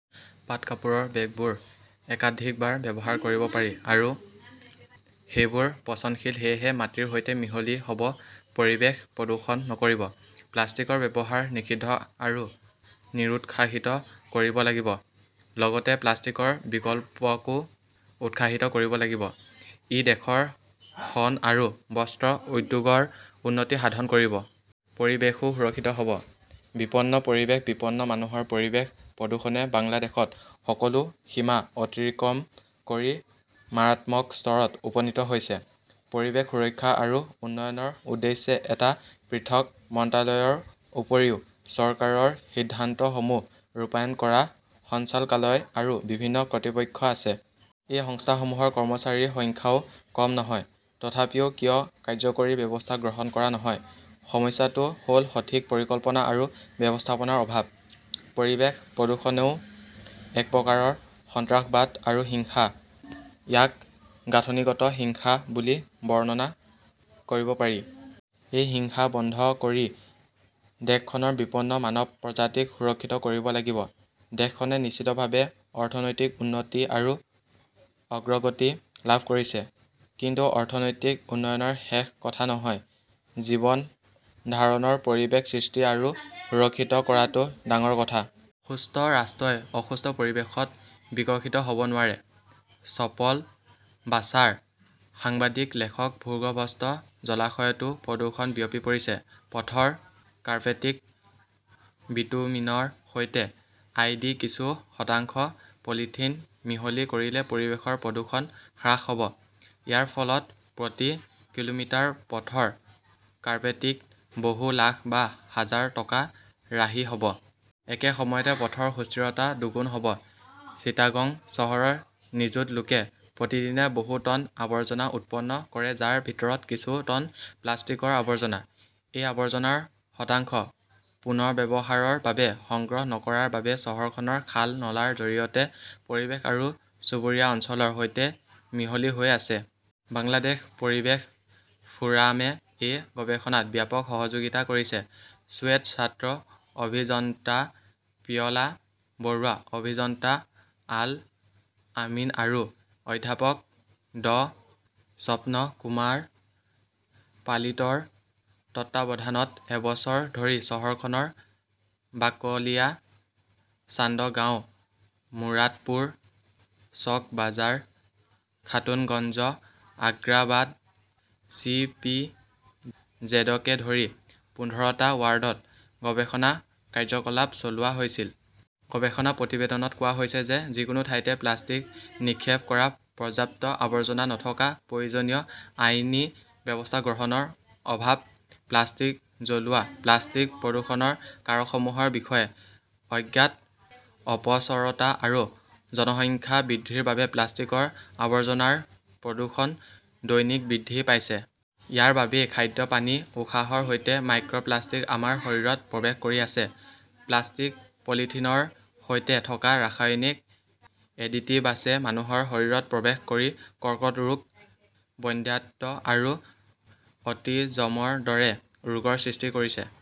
পাট কাপোৰৰ বেগবোৰ একাধিকবাৰ ব্যৱহাৰ কৰিব পাৰি আৰু সেইবোৰ পচনশীল সেয়েহে মাটিৰ সৈতে মিহলি হ'ব পৰিৱেশ প্ৰদূষণ নকৰিব। প্লাষ্টিকৰ ব্যৱহাৰ নিষিদ্ধ আৰু নিৰুৎসাহিত কৰিব লাগিব। লগতে প্লাষ্টিকৰ বিকল্পকো উৎসাহিত কৰিব লাগিব। ই দেশৰ শণ আৰু বস্ত্ৰ উদ্যোগৰ উন্নতি সাধন কৰিব। পৰিৱেশও সুৰক্ষিত হ'ব। বিপন্ন পৰিৱেশ বিপন্ন মানুহৰ পৰিৱেশ প্ৰদূষণে বাংলাদেশত সকলো সীমা অতিক্ৰম কৰি মাৰাত্মক স্তৰত উপনীত হৈছে। পৰিৱেশ সুৰক্ষা আৰু উন্নয়নৰ উদ্দেশ্যে এটা পৃথক মন্ত্ৰালয়ৰ উপৰিও চৰকাৰৰ সিদ্ধান্তসমূহ ৰূপায়ণ কৰা সঞ্চালকালয় আৰু বিভিন্ন কৰ্তৃপক্ষ আছে। এই সংস্থাসমূহৰ কৰ্মচাৰীৰ সংখ্যাও কম নহয়। তথাপিও কিয় কাৰ্যকৰী ব্যৱস্থা গ্ৰহণ কৰা নহয়? সমস্যাটো হ'ল সঠিক পৰিকল্পনা আৰু ব্যৱস্থাপনাৰ অভাৱ। পৰিৱেশ প্ৰদূষণও এক প্ৰকাৰৰ সন্ত্ৰাসবাদ আৰু হিংসা। ইয়াক গাঁথনিগত হিংসা বুলি বৰ্ণনা কৰিব পাৰি। এই হিংসা বন্ধ কৰি দেশখনৰ বিপন্ন মানৱ প্ৰজাতিক সুৰক্ষিত কৰিব লাগিব। দেশখনে নিশ্চিতভাৱে অৰ্থনৈতিক উন্নতি আৰু অগ্ৰগতি লাভ কৰিছে। কিন্তু অৰ্থনৈতিক উন্নয়নৰ শেষ কথা নহয়। জীৱন ধাৰণৰ পৰিৱেশ সৃষ্টি আৰু সুৰক্ষিত কৰাটো ডাঙৰ কথা। সুস্থ ৰাষ্ট্ৰই অসুস্থ পৰিৱেশত বিকশিত হ'ব নোৱাৰে। চপল বাছাৰ সাংবাদিক লেখক ভূগৰ্ভস্থ জলাশয়তো প্ৰদূষণ বিয়পি পৰিছে। পথৰ কাৰ্পেটিংত বিটুমিনৰ সৈতে আই ডি কিছু শতাংশ পলিথিন মিহলি কৰিলে পৰিৱেশৰ প্ৰদূষণ হ্ৰাস হ'ব। ইয়াৰ ফলত প্ৰতি কিলোমিটাৰ পথৰ কাৰ্পেটিংত বহু লাখ বা হাজাৰ টকা ৰাহি হ'ব। একে সময়তে পথৰ সুস্থিৰতা দুগুণ হ'ব। চিটাগং চহৰৰ নিযুত লোকে প্ৰতিদিনে বহু টন আৱৰ্জনা উৎপন্ন কৰে যাৰ ভিতৰত কিছু টন প্লাষ্টিকৰ আৱৰ্জনা। এই আৱৰ্জনাৰ শতাংশ পুনৰ্ব্যৱহাৰৰ বাবে সংগ্ৰহ নকৰাৰ বাবে চহৰখনৰ খাল নলাৰ জৰিয়তে পৰিৱেশ আৰু চুবুৰীয়া অঞ্চলৰ সৈতে মিহলি হৈ আছে। বাংলাদেশ পৰিৱেশ ফোৰামে এই গৱেষণাত ব্যাপক সহযোগিতা কৰিছে। চুয়েট ছাত্ৰ অভিযন্তা পিয়াল বৰুৱা অভিযন্তা আল আমিন আৰু অধ্যাপক ড স্বপন কুমাৰ পালিটৰ তত্বাৱধানত এবছৰ ধৰি চহৰখনৰ বাকলিয়া চান্দগাঁও মুৰাদপুৰ চকবাজাৰ খাতুনগঞ্জ আগ্ৰাবাদ চিইপিজেডকে ধৰি পোন্ধৰটা ৱাৰ্ডত গৱেষণা কাৰ্যকলাপ চলোৱা হৈছিল। গৱেষণা প্ৰতিবেদনত কোৱা হৈছে যে যিকোনো ঠাইতে প্লাষ্টিক নিক্ষেপ কৰা পৰ্যাপ্ত আৱৰ্জনা নথকা প্ৰয়োজনীয় আইনী ব্যৱস্থা গ্ৰহণৰ অভাৱ প্লাষ্টিক জ্বলোৱা প্লাষ্টিক প্ৰদূষণৰ কাৰকসমূহৰ বিষয়ে অজ্ঞতা অপচৰতা আৰু জনসংখ্যা বৃদ্ধিৰ বাবে প্লাষ্টিকৰ আৱৰ্জনাৰ প্ৰদূষণ দৈনিক বৃদ্ধি পাইছে। ইয়াৰ বাবেই খাদ্য পানী উশাহৰ সৈতে মাইক্ৰ'প্লাষ্টিক আমাৰ শৰীৰত প্ৰৱেশ কৰি আছে। প্লাষ্টিক পলিথিনৰ সৈতে থকা ৰাসায়নিক এডেটিবাছে মানুহৰ শৰীৰত প্ৰৱেশ কৰি কৰ্কট ৰোগ বন্ধ্যাত্ব আৰু অটিজমৰ দৰে ৰোগৰ সৃষ্টি কৰিছে।